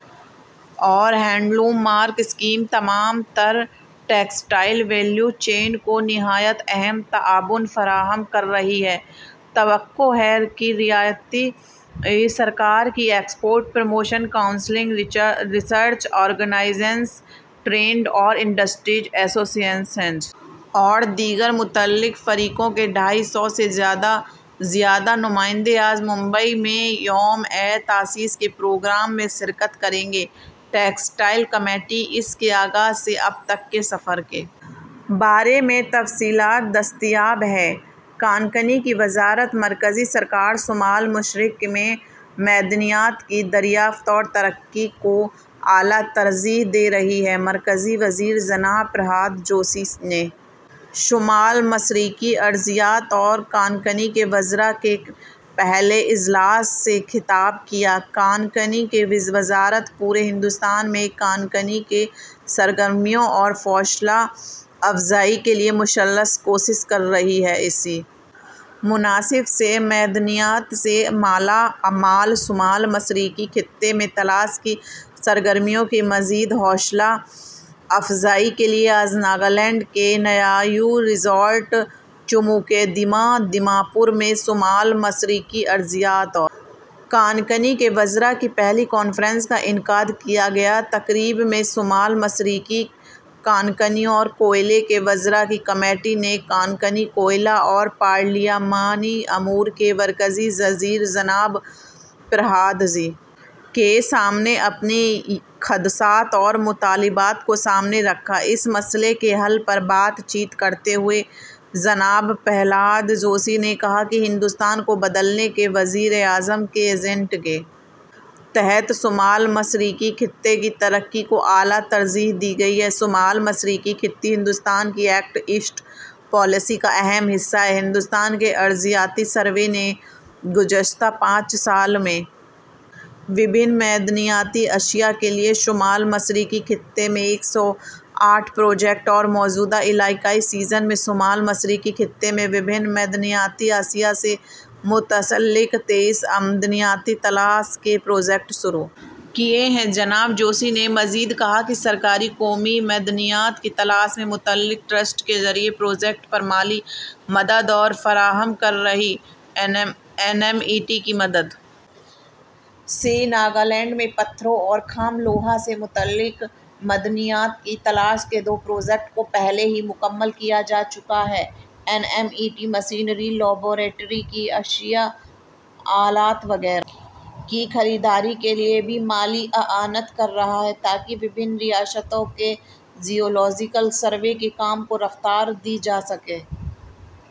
اور handloom mark scheme تمام تر ٹیکسٹائل ویلیو چین کو نہایت اہم تعاون فراہم کر رہی ہے توقع ہے کہ ریاستی حکومت کی export promotion councils research organisations trade and industry associations اور دیگر متعلقہ فریقوں کے ڈھائی سو سے زیادہ نمائندے آج ممبئی میں یوم تاسیس کے پروگرام میں شرکت کریں گے ٹیکسٹائل کمیٹی کے اس کے آغاز سے اب تک کے سفر کے بارے میں تفصیلات دستیاب ہیں کانکنی کی وزارت مرکزی حکومت شمال مشرق میں معدنیات کی دریافت اور ترقی کو اعلی ترجیح دے رہی ہے مرکزی وزیر جناب پرہلاد جوشی جناب پرہلاد جوشی نے شمال مشرقی ارضیات اور کانکنی کے وزرا کے پہلے اجلاس سے خطاب کیا کانکنی کی وزارت پورے ہندوستان میں کانکنی کی سرگرمیوں کی حوصلہ افزائی کے لیے مسلسل کوششیں کر رہی ہے اسی مناسبت سے معدنیات سے مالا مال شمال مشرقی خطے میں تلاش کی سرگرمیوں کی مزید حوصلہ افزائی کے لیے آج ناگالینڈ کے نیاتھو ریزارٹ چموکے دیما دیما پور میں شمال مشرقی ارضیات اور کانکنی کے وزرا کی پہلی کانفرنس کا انعقاد کیا گیا تقریب میں شمال مشرقی کانکنی اور کوئلے کے وزرا کی کمیٹی نے کانکنی کوئلہ اور پارلیمانی امور کے مرکزی وزیر جناب پرہلاد جوشی کے سامنے اپنے خدشات اور مطالبات کو سامنے رکھا اس مسئلے کے حل پر بات چیت کرتے ہوئے جناب پرہلاد جوشی نے کہا کہ ہندوستان کو بدلنے کے وزیر اعظم کے ایجنڈے کے تحت شمال مشرقی خطے کی ترقی کو اعلی ترجیح دی گئی ہے شمال مشرقی خطہ ہندوستان کی ایکٹ ایسٹ پالیسی کا اہم حصہ ہے ہندوستان کے ارضیاتی سروے نے گزشتہ پانچ سال میں مختلف معدنیاتی اشیا کے لیے شمال مشرقی خطے میں ایک سو آٹھ پروجیکٹس اور موجودہ علاقائی سیزن میں شمال مشرقی خطے میں مختلف معدنیاتی اشیا سے متعلق تئیس معدنیاتی تلاش کے پروجیکٹس شروع کیے ہیں جناب جوشی نے مزید کہا کہ حکومت قومی معدنیات کی تلاش سے متعلق ٹرسٹ کے ذریعہ پروجیکٹوں پر مالی مدد بھی فراہم کر رہی ہے این ایم ای ٹی کی مدد سے ناگالینڈ میں پتھروں اور خام لوہا سے متعلق معدنیات کی تلاش کے دو پروجیکٹوں کو پہلے ہی مکمل کیا جا چکا ہے N M E T machinery laboratory کی اشیا آلات وغیرہ کی خریداری کے لیے بھی مالی اعانت کر رہا ہے تاکہ مختلف ریاستوں کے جیولوجیکل سروے کے کام کو رفتار دی جا سکے